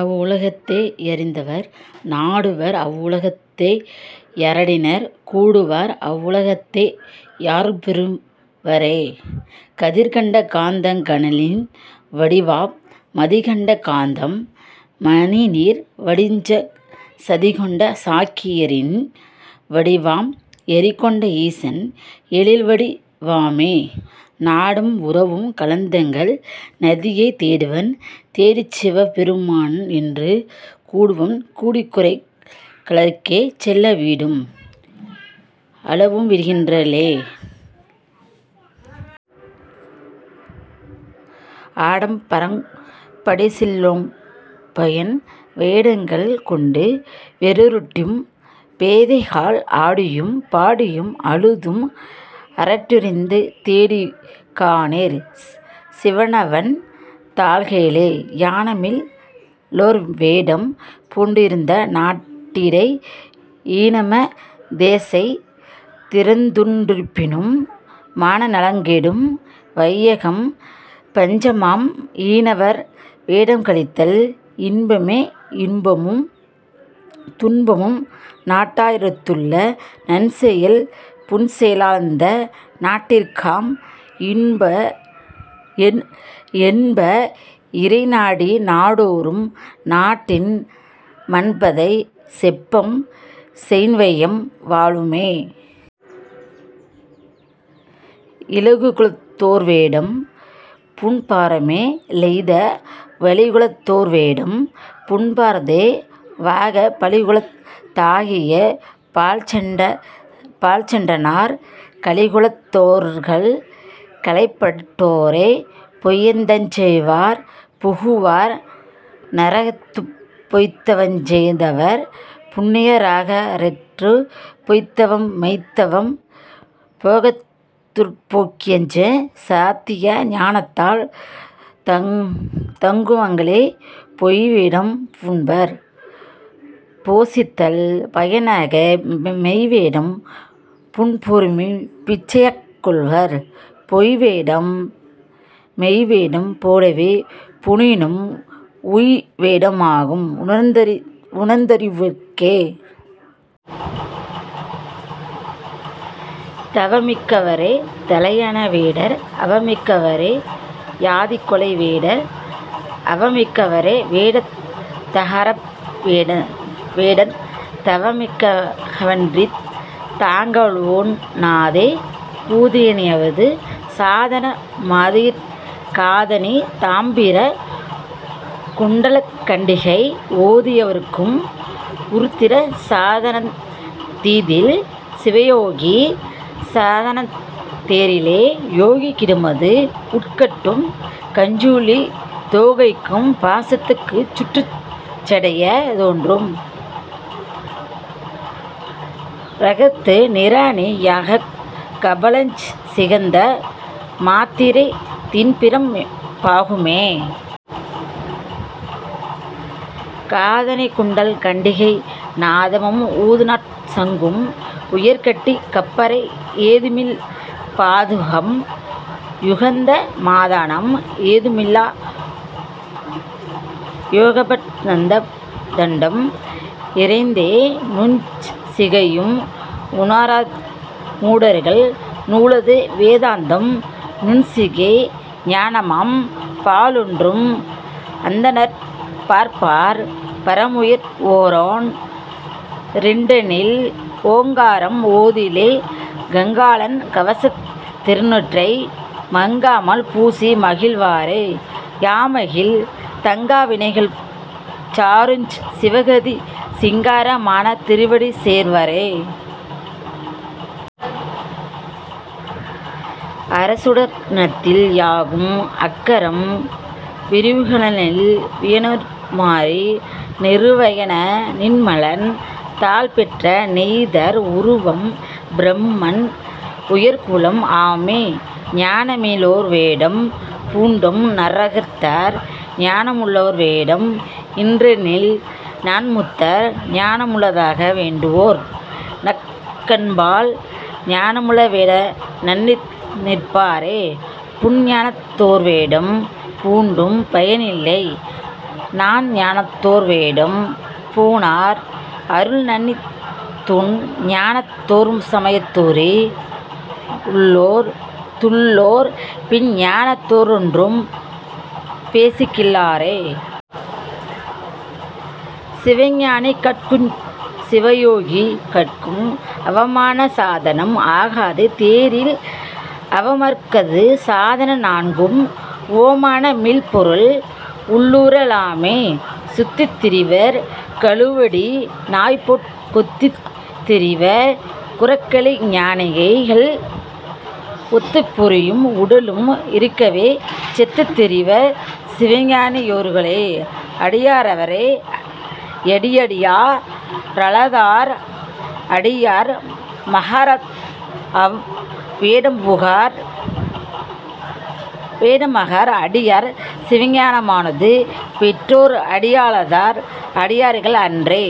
அவ்வுல கத்தே யருந்தவர் நாடுவர் அவ்வுல கத்தே யரனடி கூடுவர் அவ்வுல கத்தே யருள்பெறு வாரே. கதிர்கண்ட காந்தங் கனலின் வடிவாம் மதிகண்ட காந்தம் மணிநீர் வடிவாஞ் சதிகொண்ட சாக்கி யெரியின் வடிவாம் எரிகொண்ட ஈசன் எழில்வடி வாமே. நாடும் உறவும் கலந்தெங்கள் நந்தியைத் தேடுவன் தேடிச் சிவபெரு மான்என்று கூடுவன் கூடிக் குரைகழற் கேசெல்ல வீடும் அளவும் விடுகின் றிலெனே. ஆடம் பரங்கொண் டடிசிலுண் பான்பயன் வேடங்கள் கொண்டு வெருட்டிடும் பேதைகாள் ஆடியும் பாடியும் அழுதும் அரற்றியுந் தேடியுங் காணீர் சிவனவன் தாள்களே. ஞானமில் லேர்வேடம் பூண்டிருந்த நாட்டிடை ஈனம தேசெய் திரந்துண் டிருப்பினும் மான நலங்கெடும் வையகம் பஞ்ச்மாம் ஈனவர் வேடங் கழிப்பித்தல் இன்பமே. இன்பமும் துன்பமும் நாட்டா ரிடத்துள்ள நன்செயல் புன்செய லாலந்த நாட்டிற்காம் என்ப இறைநாடி நாடோறும் நாட்டினின் மன்பதை செப்பம் செயின்வையம் வாழுமே. இழிகுலத் தோர்வேடம் பூண்பர்மே லெய்த வழிகுலத் தோர்வேடம் பூண்பர்தே வாகப் பழிகுலத் தாகிய பாழ்சண்ட ரானார் கழிகுலத் தோர்கள் களையப்பட் டோரே. பொய்த்தவஞ் செய்வார் புகுவர் நரகத்துப் பொய்த்தவஞ் செய்தவர் புண்ணிய ராகாரேற் பொய்த்தவம்மெய்த்தவம் போகத்துட்போக்கியஞ் சத்திய ஞானத்தால் தங்குந் தவங்களே. பொய்வேடம் பூண்பர் போசித்தல் பயனாக மெய்வேடம் பூண்போர்மிகு பிச்சைகைக்கொள்வர் பொய்வேடம் மெய்வேடம் போலவே பூணினும் உய்வேட மாகும் உணர்ந்தறிந் தோர்க்கே. தவமிக் கவரே தலையான வேடர் அவமிக் கவரே யதிகொலை வேடர் அவமிக் கவர்வேடத் தாகாரவ் வேடந் தவமிக் கவர்க்கன்றித் தாங்கவொண் ணாதே. பூதி யணிவது சாதன மாதியிற் காதணி தாம்பிர குண்டலங் கண்டிகை ஓதி யவர்க்கும் உருத்திர சாதனந் தீதில் சிவயோகி சாதனந் தேரிலே. யோகிக் கிடுமது வுட்கட்டுக் கஞ்சுளி தோகைக்குப் பாசத்துச் சுற்றுஞ் சடையதொன்று றாகத்து நீறனி யாங்கக் கபாலஞ் சீகந்த மாத்திரை தின்பிரம் பாகுமே. காதணி குண்டலங் கண்டிகை நாதமும் ஊதுநற் சங்கும் உயர்கட்டி கப்பரை ஏதமில் பாதுகம் யோகாந்த மாதனம் ஏதமில் யோகபட் டந்தண்டம் ஈரைந்தே. நூலுஞ் சிகையும் உணரார்நின் மூடர்கள் நூலது வேதாந்தம் நுண்சிகை ஞானமாம் பாலொன்றும் அந்தணர் பார்ப்பார் பரமுயிர் ஓரொன் றிரண்டெனில் ஓங்காரம் ஓதிலே. கங்காளன் கவசத் திருநீற்றை மங்காமல் பூசி மகிழ்வரே யாமாகில் தங்கா வினைகளுஞ் சாருஞ் சிவகதி சிங்கார மான திருவடி சேர்வரே. அரசுட னாலத்தி யாகும்அக் காரம் விரவுகனலில் வியனுரு மாறி நிரவயன் நின்மலன் தாள்பெற்ற நீதர் உருவம் பிரமன் உயர்குலம் ஆமே. ஞானமி லார்வேடம் பூண்டும் நரகத்தர் ஞானமுள்ளார்வேடம்இன்றெனில்நன்முத்தர் ஞானமுளதாக வேண்டுவோர் நக்கன்பால் ஞானமுள வேட நண்ணிநிற் பாரே. புன்ஞானத் தோர்வேடம் பூண்டும் பயனில்லை நன்ஞானத்தோர்வேடம் பூணார் அருள்நண்ணித் துன்ஞானத் தோர்சம யத்துரி சுள்ளோர் பின்ஞானத் தோரொன்றும் பேசுகில்லாரே. சிவஞானி கட்குஞ் சிவயோகி கட்கும் அவமான சாதனம் ஆகாது தேரில் அவமா மவர்க்கது சாதன நான்கும் உவமான மில்பொருள் உள்ளுற லாமே. சுத்தித் திரிவர் கழுவடி நாய்போற் கொத்தித் திரிவர் குரக்களி ஞானிகள் ஒத்துப் பொறியும் உடலும் இருக்கவே செத்துத் திரிவர் சிவஞானி யோர்களே. அடியா ரவரே யடியா ரலாதார் அடியாரு மாகார்அவ் வேடமு மாகார் அடியார் சிவஞான மானது பெற்றோர் அடியா ரலாதார் அடியார்கள் அன்றே.